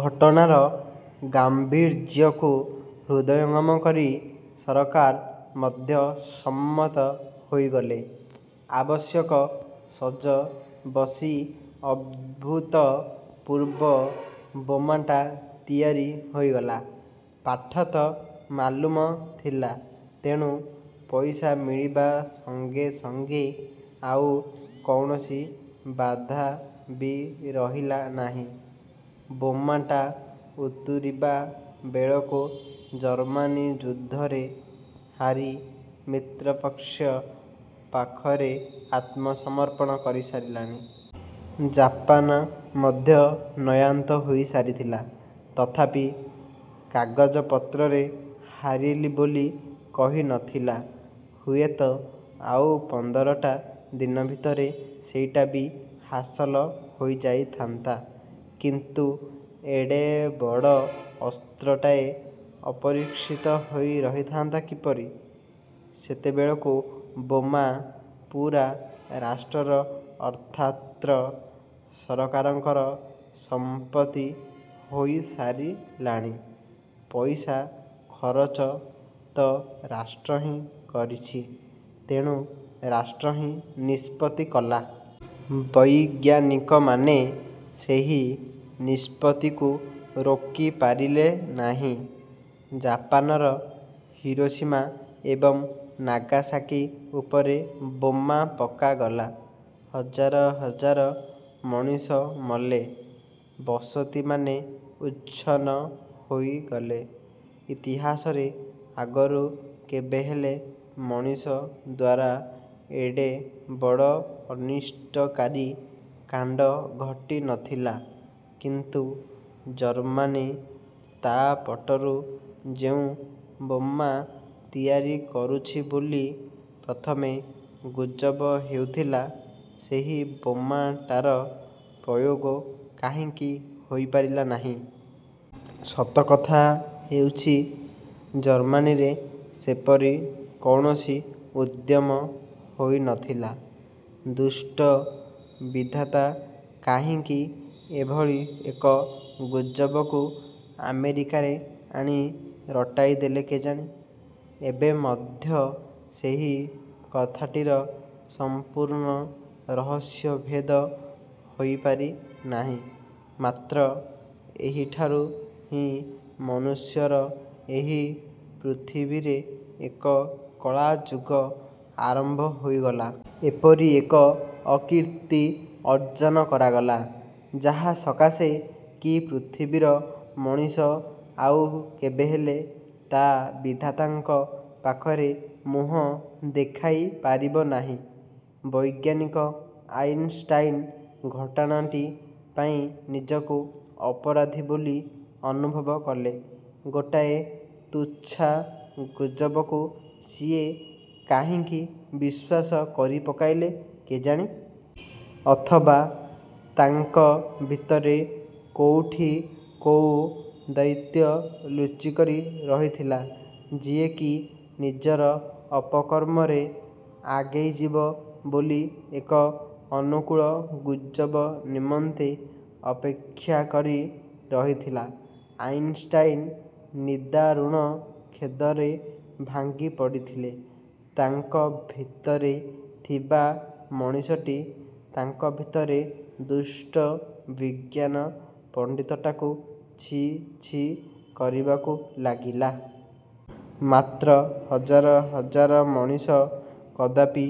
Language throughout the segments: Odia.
ଘଟଣାର ଗାମ୍ଭୀର୍ଯ୍ୟକୁ ହୃଦୟଙ୍ଗମ କରି ସରକାର ମଧ୍ୟ ସମ୍ମତ ହୋଇଗଲେ। ଆବଶ୍ୟକ ସଜ ବସି ଅଭୂତପୂର୍ବ ବୋମାଟା ତିଆରି ହୋଇଗଲା। ପାଠ ତ ମାଲୁମ ଥିଲା, ତେଣୁ ପଇସା ମିଳିବା ସଂଗେ ସଂଗେ ଆଉ କୌଣସି ବାଧା ବି ରହିଲା ନାହିଁ। ବୋମାଟା ଉତୁରିବା ବେଳକୁ ଜର୍ମାନୀ ଯୁଦ୍ଧରେ ହାରି ମିତ୍ରପକ୍ଷ ପାଖରେ ଆତ୍ମସମର୍ପଣ କରିସାରିଲାଣି। ଜାପାନ ମଧ୍ୟ ନୟାନ୍ତ ହୋଇ ସାରିଥିଲା, ତଥାପି କାଗଜପତ୍ରରେ ହାରିଲି ବୋଲି କହିନଥିଲା। ହୁଏତ ଆଉ ପନ୍ଦରଟା ଦିନ ଭିତରେ ସେଇଟା ବି ହାସଲ ହୋଇଯାଇଥାନ୍ତା କିନ୍ତୁ ଏଡ଼େ ବଡ଼ ଅସ୍ତ୍ରଟାଏ ଅପରୀକ୍ଷିତ ହୋଇ ରହିଥାନ୍ତା କିପରି? ସେତେବେଳକୁ ବୋମା ପୂରା ରାଷ୍ଟ୍ରର ଅର୍ଥାତ୍ର ସରକାରଙ୍କର ସମ୍ପତ୍ତି ହୋଇ ସାରିଲାଣି, ପଇସା ଖରଚ ତ ରାଷ୍ଟ୍ର ହିଁ କରିଛି, ତେଣୁ ରାଷ୍ଟ୍ର ହିଁ ନିଷ୍ପତ୍ତି କଲା। ବୈଜ୍ଞାନିକମାନେ ସେହି ନିଷ୍ପତ୍ତିକୁ ରୋକିପାରିଲେ ନାହିଁ। ଜାପାନର ହିରୋସୀମା ଏବଂ ନାଗାସାକୀ ଉପରେ ବୋମା ପକାଗଲା। ହଜାର ହଜାର ମଣିଷ ମଲେ, ବସତିମାନେ ଉଚ୍ଛନ୍ନ ହୋଇଗଲେ। ଇତିହାସରେ ଆଗରୁ କେବେହେଲେ ମଣିଷ ଦ୍ଵାରା ଏଡ଼େ ବଡ଼ ଅନିଷ୍ଟକାରୀ କାଣ୍ଡ ଘଟିନଥିଲା। କିନ୍ତୁ ଜର୍ମାନୀ ତା ପଟରୁ ଯେଉଁ ବୋମା ତିଆରି କରୁଛି ବୋଲି ପ୍ରଥମେ ଗୁଜବ ହେଉଥିଲା, ସେହି ବୋମାଟାର ପ୍ରୟୋଗ କାହିଁକି ହୋଇପାରିଲା ନାହିଁ? ସତକଥା ହେଉଛି, ଜର୍ମାନୀରେ ସେପରି କୌଣସି ଉଦ୍ୟମ ହୋଇନଥିଲା। ଦୁଷ୍ଟ ବିଧାତା କାହିଁକି ଏଭଳି ଏକ ଗୁଜବକୁ ଆମେରିକାରେ ଆଣି ରଟାଇଦେଲେ କେଜାଣି? ଏବେ ମଧ୍ୟ ସେହି କଥାଟିର ସମ୍ପୂର୍ଣ୍ଣ ରହସ୍ୟଭେଦ ହୋଇପାରି ନାହିଁ। ମାତ୍ର ଏହିଠାରୁ ହିଁ ମନୁଷ୍ୟର ଏହି ପୃଥିବୀରେ ଏକ କଳାଯୁଗ ଆରମ୍ଭ ହୋଇଗଲା। ଏପରି ଏକ ଅକୀର୍ତ୍ତି ଅର୍ଜନ କରାଗଲା, ଯାହାସକାଶେ କି ପୃଥିବୀର ମଣିଷ ଆଉ କେବେହେଲେ ତା ବିଧାତାଙ୍କ ପାଖରେ ମୁହଁ ଦେଖାଇ ପାରିବ ନାହିଁ। ବୈଜ୍ଞାନିକ ଆଇନଷ୍ଟାଇନ ଘଟଣାଟି ପାଇଁ ନିଜକୁ ଅପରାଧୀ ବୋଲି ଅନୁଭବ କଲେ। ଗୋଟାଏ ତୁଚ୍ଛା ଗୁଜବକୁ ସିଏ କାହିଁକି ବିଶ୍ୱାସ କରିପକାଇଲେ କେଜାଣି? ଅଥବା ତାଙ୍କ ଭିତରେ କୋଉଠି କୋଉ ଦୈତ୍ୟ ଲୁଚିକରି ରହିଥିଲା, ଯିଏକି ନିଜର ଅପକର୍ମରେ ଆଗେଇଯିବ ବୋଲି ଏକ ଅନୁକୂଳ ଗୁଜବ ନିମନ୍ତେ ଅପେକ୍ଷା କରି ରହିଥିଲା। ଆଇନଷ୍ଟାଇନ ନିଦାରୁଣ ଖେଦରେ ଭାଙ୍ଗି ପଡ଼ିଥିଲେ। ତାଙ୍କ ଭିତରେ ଥିବା ମଣିଷଟି ତାଙ୍କ ଭିତରେ ଦୁଷ୍ଟ ବିଜ୍ଞାନ ପଣ୍ଡିତଟାକୁ ଛି ଛି କରିବାକୁ ଲାଗିଲା। ମାତ୍ର, ହଜାର ହଜାର ମଣିଷ କଦାପି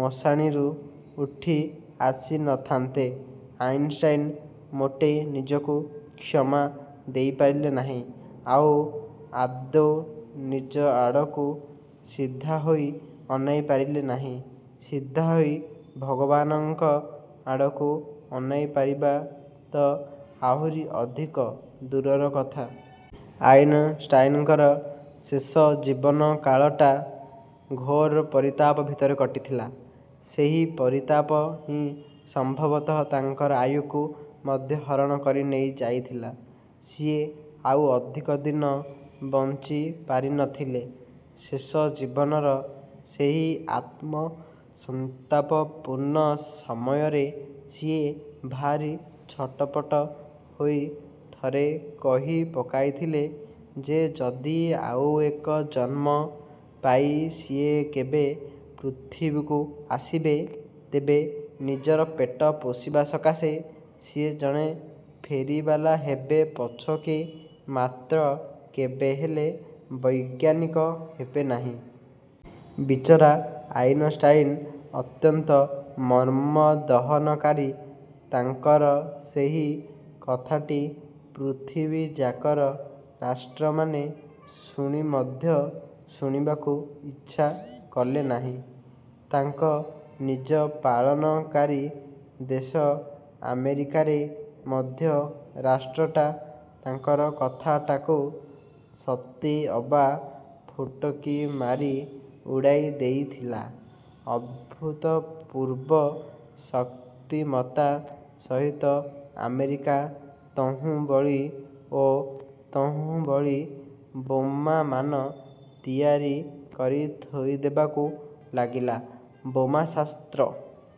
ମଶାଣିରୁ ଉଠି ଆସିନଥାନ୍ତେ। ଆଇନଷ୍ଟାଇନ ମୋଟେ ନିଜକୁ କ୍ଷମା ଦେଇପାରିଲେ ନାହିଁ । ଆଉ ଆଦୌ ନିଜ ଆଡ଼କୁ ସିଧାହୋଇ ଅନାଇ ପାରିଲେ ନାହିଁ। ସିଧାହୋଇ ଭଗବାନଙ୍କ ଆଡ଼କୁ ଅନାଇ ପାରିବା ତ ଆହୁରି ଅଧିକ ଦୂରର କଥା। ଆଇନଷ୍ଟାଇନଙ୍କର ଶେଷ ଜୀବନକାଳଟା ଘୋର ପରିତାପ ଭିତରେ କଟିଥିଲା। ସେହି ପରିତାପ ହିଁ ସମ୍ଭବତଃ ତାଙ୍କର ଆୟୁକୁ ମଧ୍ୟ ହରଣ କରି ନେଇ ଯାଇଥିଲା। ସିଏ ଆଉ ଅଧିକ ଦିନ ବଞ୍ଚି ପାରିନଥିଲେ। ଶେଷ ଜୀବନର ସେହି ଆତ୍ମସନ୍ତାପପୂର୍ଣ୍ଣ ସମୟରେ ସିଏ ଭାରି ଛଟପଟ ହୋଇ ଥରେ କହି ପକାଇଥିଲେ ଯେ ଯଦି ଆଉ ଏକ ଜନ୍ମ ପାଇ ସିଏ କେବେ ପୃଥିବୀକୁ ଆସିବେ, ତେବେ ନିଜର ପେଟ ପୋଷିବା ସକାଶେ ସିଏ ଜଣେ ଫେରିବାଲା ହେବେ ପଛକେ, ମାତ୍ର କେବେହେଲେ ବୈଜ୍ଞାନିକ ହେବେନାହିଁ। ବିଚରା ଆଇନଷ୍ଟାଇନ ଅତ୍ୟନ୍ତ ମର୍ମଦହନକାରୀ ତାଙ୍କର ସେହି କଥାଟି ପୃଥିବୀଯାକର ରାଷ୍ଟ୍ରମାନେ ଶୁଣି ମଧ୍ୟ ଶୁଣିବାକୁ ଇଚ୍ଛା କଲେନାହିଁ। ତାଙ୍କ ନିଜ ପାଳନକାରୀ ଦେଶ ଆମେରିକାରେ ମଧ୍ୟ ରାଷ୍ଟ୍ରଟା ତାଙ୍କର କଥାଟାକୁ ସତେ ଅବା ଫୁଟକି ମାରି ଉଡ଼ାଇ ଦେଇଥିଲା। ଅଭୂତପୂର୍ବ ଶକ୍ତିମତ୍ତା ସହିତ ଆମେରିକା ତହୁଁବଳି ଓ ତହୁଁବଳି ବୋମାମାନ ତିଆରି କରି ଥୋଇଦେବାକୁ ଲାଗିଲା। ବୋମା ଶାସ୍ତ୍ର